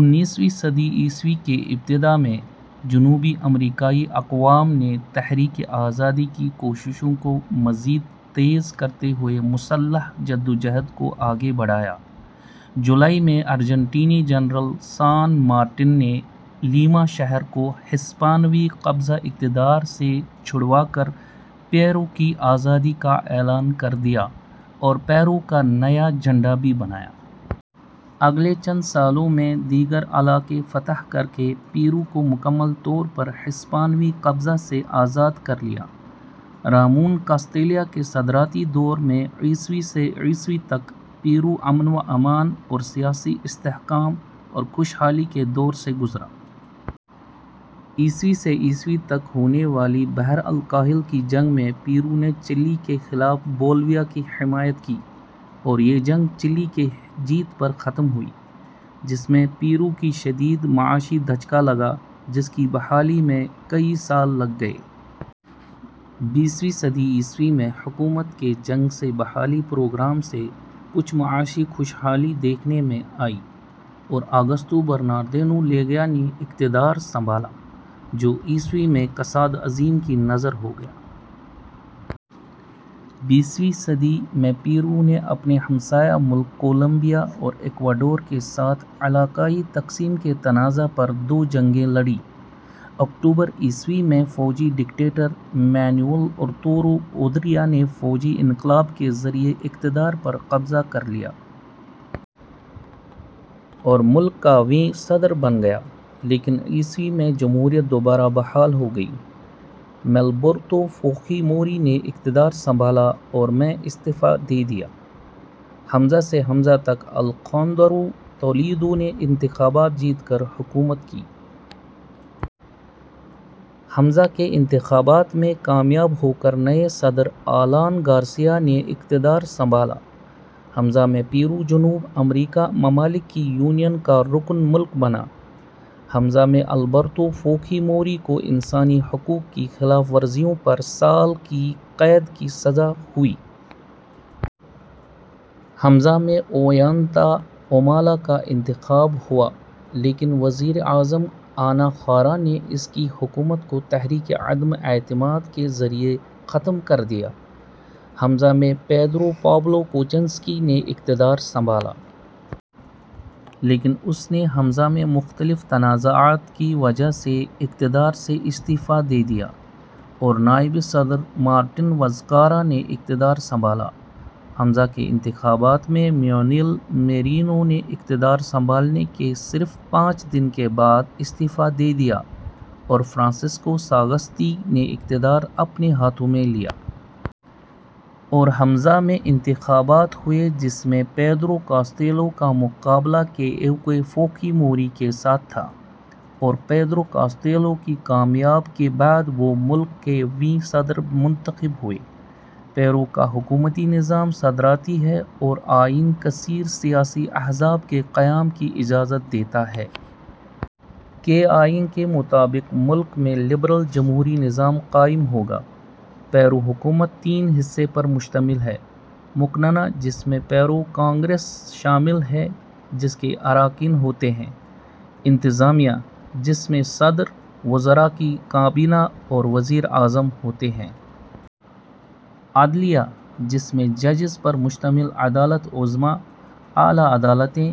انیسویں صدی عیسوی کے ابتدا میں جنوبی امریکائی اقوام نے تحریک آزادی کی کوششوں کو مزید تیز کرتے ہوئے مسلح جدوجہد کو آگے بڑھایا۔ جولائی میں ارجنٹینی جنرل سان مارٹن نے لیما شہر کو ہسپانوی قبضہ اقتدار سے چھڑوا کر پیرو کی آزادی کا اعلان کر دیا اور پیرو کا نیا جھنڈا بھی بنایا۔ اگلے چند سالوں میں دیگر علاقے فتح کر کے پیرو کو مکمل طور پر ہسپانوی قبضہ سے آزاد کر لیا۔ رامون کاستلیا کے صدراتی دور میں عیسوی سے عیسوی تک پیرو امن وامان اور سیاسی استحکام اور خوش حالی کے دور سے گذرا۔ عیسوی سے عیسوی تک ہونے والی بحرالکاہل کی جنگ میں پیرو نے چلی کے خلاف بولیویا کی حمایت کی۔ اور یہ جنگ چلی کی جیت پر ختم ہوئی۔ جس میں پیرو کی شدید معاشی دھچکا لگا جس کی بحالی میں کئی سال لگ گئے۔ بیسوی صدی عیسوی میں حکومت کے جنگ سے بحالی پروگرام سے کچھ معاشی خوش حالی دیکھنے میں آئی اور آگوستو برناردینو لیگیا نے اقتدار سنبھالا۔ جو عیسوی میں کساد عظیم کی نظر ہو گیا۔ بیسوی صدی میں پیرو نے اپنے ہمسایہ ملک کولومبیا اور ایکواڈور کے ساتھ علاقائی تقسیم کی تنازع پر دو جنگیں لڑیں۔ اکتوبر عیسوی میں فوجی ڈکٹیٹر مینوئل ارتورو اودریا نے فوجی انقلاب کے ذریعے اقتدار پر قبضہ کر لیا۔ اور ملک کا ویں صدر بن گیا۔ لیکن عیسوی میں جمہوریت دوبارہ بحال ہو گئی۔ میں البرتو فوخی موری نے اقتدار سنبھالا اور میں استعفی دے دیا۔ ء سے ء تک آلخاندرو تولیدو نے انتخابات جیت کر حکومت کی۔ ء کے انتخابات میں کامیاب ہو کر نئے صدر آلان گارسیا نے اقتدار سنبھالا۔ ء میں پیرو جنوب امریکی ممالک کی یونین کا رکن ملک بنا۔ ء میں البرتو فوخی موری کو انسانی حقوق کی خلاف ورزیوں پر سال کی قید کی سزا ہوئی۔ ء میں اویانتا اومالا کا انتخاب ہوا لیکن وزیر اعظم انا خارا نے اس کی حکومت کو تحریک عدم اعتماد کے ذریعے ختم کر دیا۔ ء میں پیدرو پابلو کوچنسکی نے اقتدار سنبھالا۔ لیکن اس نے ء میں مختلف تنازعات کی وجہ سے اقتدار سے ا ستعفی دے دیا۔ اور نائب صدر مارتن وزکارا نے اقتدار سنبھالا۔ ء کے انتخابات میں مینوئل میرینو نے اقتدار سنبھالنے کے صرف پانچ دن کے بعد استعفی دے دیا اور فرانسسکو ساگاستی نے اقتدار اپنے ہاتھو میں لیا۔ اور ء میں انتخابات ہوئے جس میں پیدرو کاستیلیو کا مقابلہ کے ایکو فوخی موری کے ساتھ تھا۔ اور پیدرو کاستیلیو کی کامیاب کے بعد وہ ملک کے ویں صدر منتخب ہوئے۔ پیرو کا حکومتی نظام صدارتی ہے اور آئین کثیر سیاسی احزاب کے قیام کی اجازت دیتا ہے۔ کے آئین کے مطابق ملک میں لبرل جمہوری نظام قائم ہوگا۔ پیرو حکومت تین حصے پر مشتمل ہے۔ ۔ مقننہ جس میں پیرو کانگرس شامل ہے جس کے اراکین ہوتے ہیں۔ ۔ انتظامیہ ، جس میں صدر، وزراء کی کابینہ اور وزیر اعظم ہوتے ہیں۔ ۔ عدلیہ ، جس میں ججز پر مشتمل عدالت عظمی, اعلیٰ عدالتیں،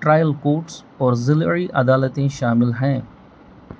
ٹرائل کورٹس اور ضلعی عدالتیں شامل ہیں۔